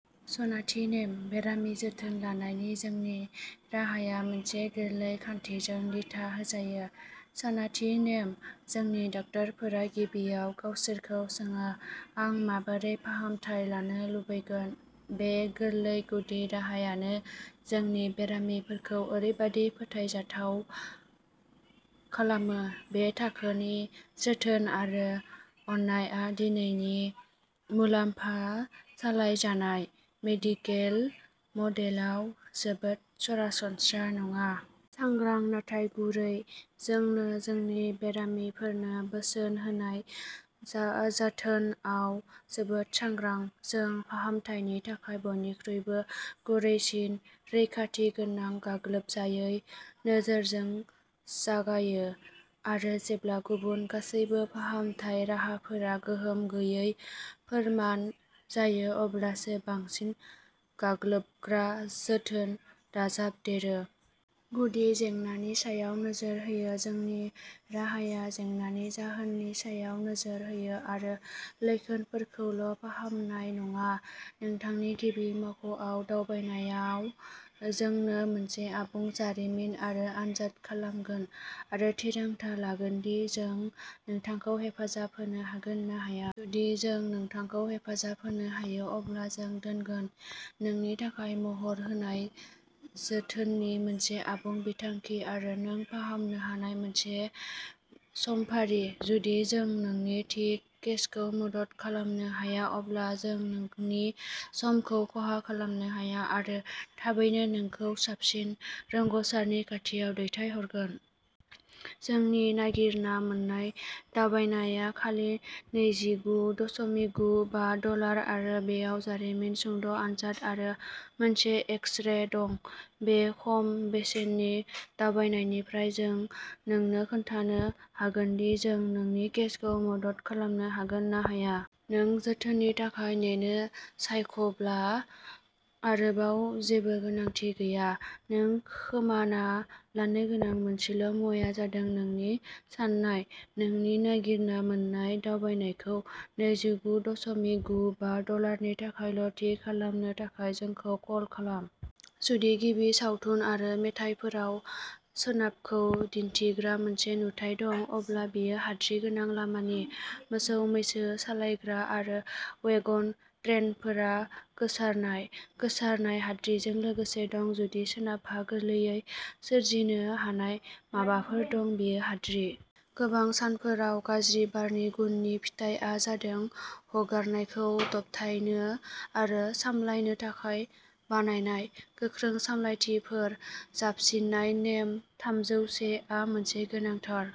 सनाथि नेम। बेरामि जोथोन लानायनि जोंनि राहाया मोनसे गोरलै खान्थिजों दिथा होजायो, सनाथि नेम। जोंनि डाक्टारफोरा गिबियाव गावसोरखौ सोङो, "आं माबोरै फाहामथाय लानो लुबैगोन?" बे गोरलै गुदि राहायानो जोंनि बेरामिफोरखौ ओरैबादि फोथायजाथाव खालामो, बे थाखोनि जोथोन आरो अननायआ दिनैनि "मुलाम्फा-सालायजानाय" मेडिकेल मडेलाव जोबोद सरासनस्रा नङा। सांग्रां, नाथाय गुरै। जों जोंनि बेरामिफोरनो बोसोन होनाय जा जोथोनआव जोबोद सांग्रां। जों फाहामथायनि थाखाय बयनिख्रुइबो गुरैसिन, रैखाथि गोनां गाग्लोबजायै नोजोरजों जागायो आरो जेब्ला गुबुन गासैबो फाहामथाय राहाफोरा गोहोम गैयै फोरमान जायो अब्लासो बांसिन गाग्लोबग्रा जोथोन दाजाबदेरो। गुदि जेंनानि सायाव नोजोर होयो। जोंनि राहाया जेंनानि जाहोननि सायाव नोजोर होयो आरो लैखोनफोरखौल' फाहामनाय नङा। नोंथांनि गिबि मावख'आव दावबायनायाव जों मोनसे आबुं जारिमिन आरो आनजाद खालामगोन आरो थिरांथा लागोन दि जों नोंथांखौ हेफाजाब होनो हागोन ना हाया। जुदि जों नोंथांखौ हेफाजाब होनो हायो, अब्ला जों दोनगोन। नोंनि थाखाय महर होनाय जोथोननि मोनसे आबुं बिथांखि आरो नों फाहामनो हानाय मोनसे समफारि। जुदि जों नोंनि थि केसखौ मदद खालामनो हाया अब्ला जों नोंनि समखौ खहा खालामनो हाया आरो थाबैनो नोंखौ साबसिन रोंग'सारनि खाथियाव दैथायहरगोन। जोंनि नागिरना मोन्नाय दावबायनाया खालि नैजिगु दस'मिक गु बा डलार आरो बेयाव जारिमिन, सुंद' आनजाद आरो मोनसे एक्स-रे दं। बे खम बेसेननि दावबायनायनिफ्राय जों नोंनो खोन्थानो हागोन दि जों नोंनि केसखौ मदद खालामनो हागोन ना हाया। नों जोथोननि थाखाय नेनो सायख'ब्ला आरोबाव जेबो गोनांथि गैया। नों खोमाना लानो गोनां मोनसेल' मुवाया जादों नोंनि साननाय, नोंनि नागिरना मोन्नाय दावबायनायखौ नैजिगु दस'मिक गु बा डलार नि थाखायल' थि खालामनो थाखाय जोंखौ कल खालाम। जुदि गिबि सावथुन आरो मेथाइफोराव सोनाबखौ दिन्थिग्रा मोनसे नुथाइ दं, अब्ला बेयो हाद्रि गोनां लामानि। मोसौ-मैसो सालायग्रा आरो वेगन ट्रेनफोरा गोसारनाय, गोसारनाय हाद्रिजों लोगोसे दं। जुदि सोनाबहा गोरलैयै सोरजिनो हानाय माबाफोर दं, बेयो हाद्रि। गोबां सानफोराव गाज्रि बारनि गुननि फिथाइआ जादों हगारनायखौ दबथायनो आरो सामलायनो थाखाय बानायनाय गोख्रों सामलायथिफोर जाबसिननाय। नेम थामजौ से आ मोनसे गोनांथार।